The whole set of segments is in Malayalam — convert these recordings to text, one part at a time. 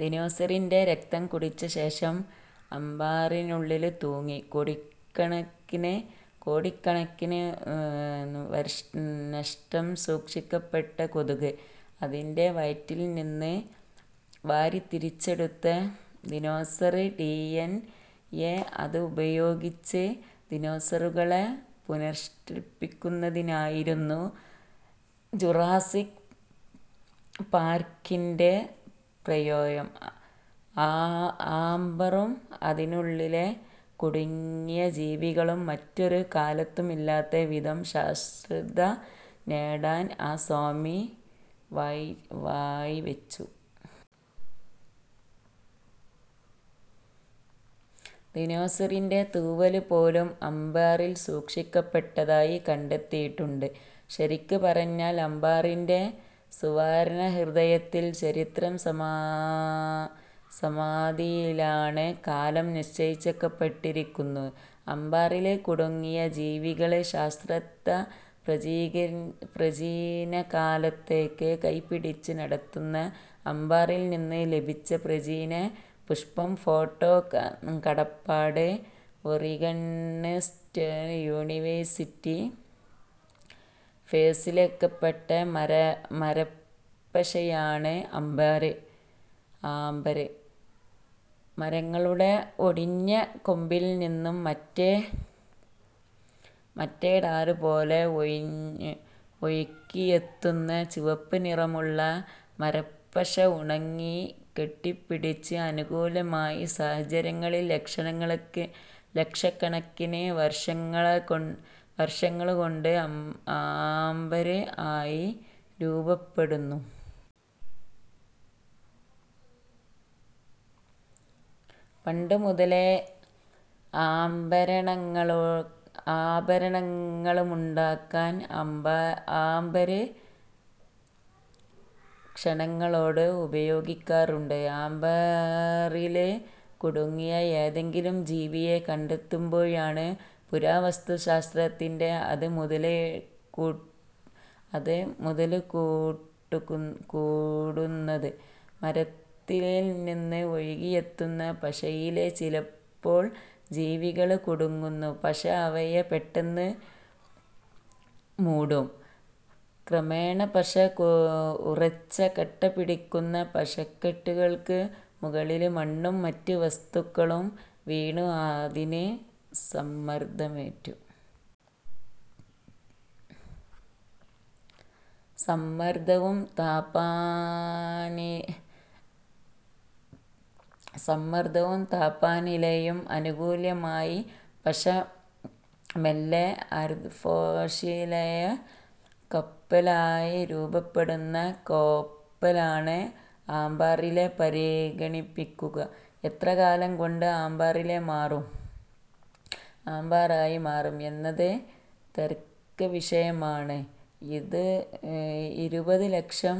ദിനോസറിന്റെ രക്തംകുടിച്ച ശേഷം ആമ്പറിനുള്ളില് കുടുങ്ങി കോടിക്കണക്കിന് വര്ഷം സൂക്ഷിക്കപ്പെട്ട കൊതുക്. അതിന്റെ വയറ്റില് നിന്ന് വേര്തിരിച്ചെടുത്ത ദിനോസര് ഡി. എന്. എ. അതുപയോഗിച്ച് ദിനോസറുകളെ പുനസൃഷ്ടിക്കുന്നതായിരുന്നു 'ജുറാസിക് പാര്ക്കി'ന്റെ പ്രമേയം. ആമ്പറും അതിനുള്ളില് കുടുങ്ങിയ ജീവികളും മറ്റൊരു കാലത്തുമില്ലാത്ത വിധം ശാസ്ത്രശ്രദ്ധ നേടാന് ആ സിനിമ വഴിവെച്ചു. ദിനോസറിന്റെ തൂവല് പോലും ആമ്പറില് സൂക്ഷിക്കപ്പെട്ടതായി കണ്ടെത്തിയിട്ടുണ്ട്. ശരിക്ക് പറഞ്ഞാല് ആമ്പറിന്റെ സുവര്ണഹൃദയത്തില് ചരിത്രം സമാധിയിലാണ്, കാലം നിശ്ചലമാക്കപ്പെട്ടിരിക്കുന്നു. ആമ്പറില് കുടുങ്ങിയ ജീവികള് ശാസ്ത്രത്തെ പ്രാചീനകാലത്തേക്ക് കൈപ്പിടിച്ച് നടത്തുന്നു. ആമ്പറില് നിന്ന് ലഭിച്ച പ്രാചീന പുഷ്പം. ഫോട്ടോ കടപ്പാട്:ഒറിഗണ് സ്റ്റേറ്റ് യൂണിവേഴ്സിറ്റി ഫോസിലാക്കപ്പെട്ട മരപ്പശയാണ് ആമ്പര്. മരങ്ങളുടെ ഒടിഞ്ഞ കൊമ്പില് നിന്നോ മറ്റോ ടാര് പോലെ ഒഴുകിയെത്തുന്ന ചുവപ്പ് നിറമുള്ള മരപ്പശ ഉണങ്ങി കട്ടപിടിച്ച് അനുകൂലമായ സാഹചര്യങ്ങളില് ലക്ഷക്കണക്കിന് വര്ഷങ്ങള്കൊണ്ട് ആമ്പര് ആയി രൂപപ്പെടുന്നു. പണ്ടുമുതലേ ആഭരണങ്ങളുണ്ടാക്കാന് ആമ്പര് കഷണങ്ങള് ഉപയോഗിക്കാറുണ്ട്. ആമ്പറില് കുടുങ്ങിയ ഏതെങ്കിലും ജീവിയെ കണ്ടെത്തുമ്പോഴാണ് പുരാവസ്തുശാസ്ത്രത്തിന് അത് മുതല്ക്കൂട്ടാകുന്നത്. മരത്തടിയില് നിന്ന് ഒഴുകിയെത്തുന്ന പശയില് ചിലപ്പോള് ജീവികള് കുടുങ്ങുന്നു. പശ അവയെ പെട്ടന്ന് മൂടും. ക്രമേണ പശ ഉറച്ച് കട്ടപിടിക്കുന്നു. പശക്കട്ടകള്ക്ക് മുകളില് മണ്ണും മറ്റ് വസ്തുക്കളും വീണ് അതിന് സമ്മര്ദ്ദമേറ്റും. സമ്മര്ദ്ദവും താപനിലയും അനുകൂലമായാല്, പശ മെല്ലെ അര്ധഫോസിലായ കോപ്പല് ആയി രൂപപ്പെടുന്നു. കോപ്പല് ആണ് ആമ്പറായി പരിണമിക്കുക. എത്രകാലംകൊണ്ട് ആമ്പറായി മാറും എന്നത് തര്ക്കവിഷയമാണ്. ഇരുപത് ലക്ഷം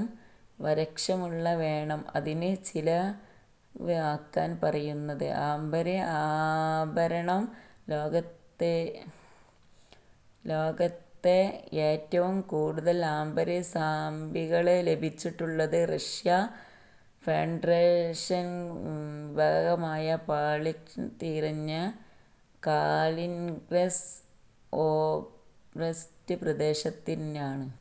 വര്ഷമെങ്കിലും വേണം അതിനെന്ന് ചില ഗവേഷകര് പറയുന്നു. ആമ്പര് ആഭരണം ലോകത്തേറ്റവും കൂടുതല് ആമ്പര് സാമ്പിളുകള് ലഭിച്ചിട്ടുള്ളത് റഷ്യന് ഫെഡറേഷന്റെ ഭാഗമായ ബാള്ട്ടിക് തീരത്തെ കലിനിന്ഗ്രാഡ് ഒബ്ലാസ്റ്റ് പ്രദേശത്തുനിന്നാണ്.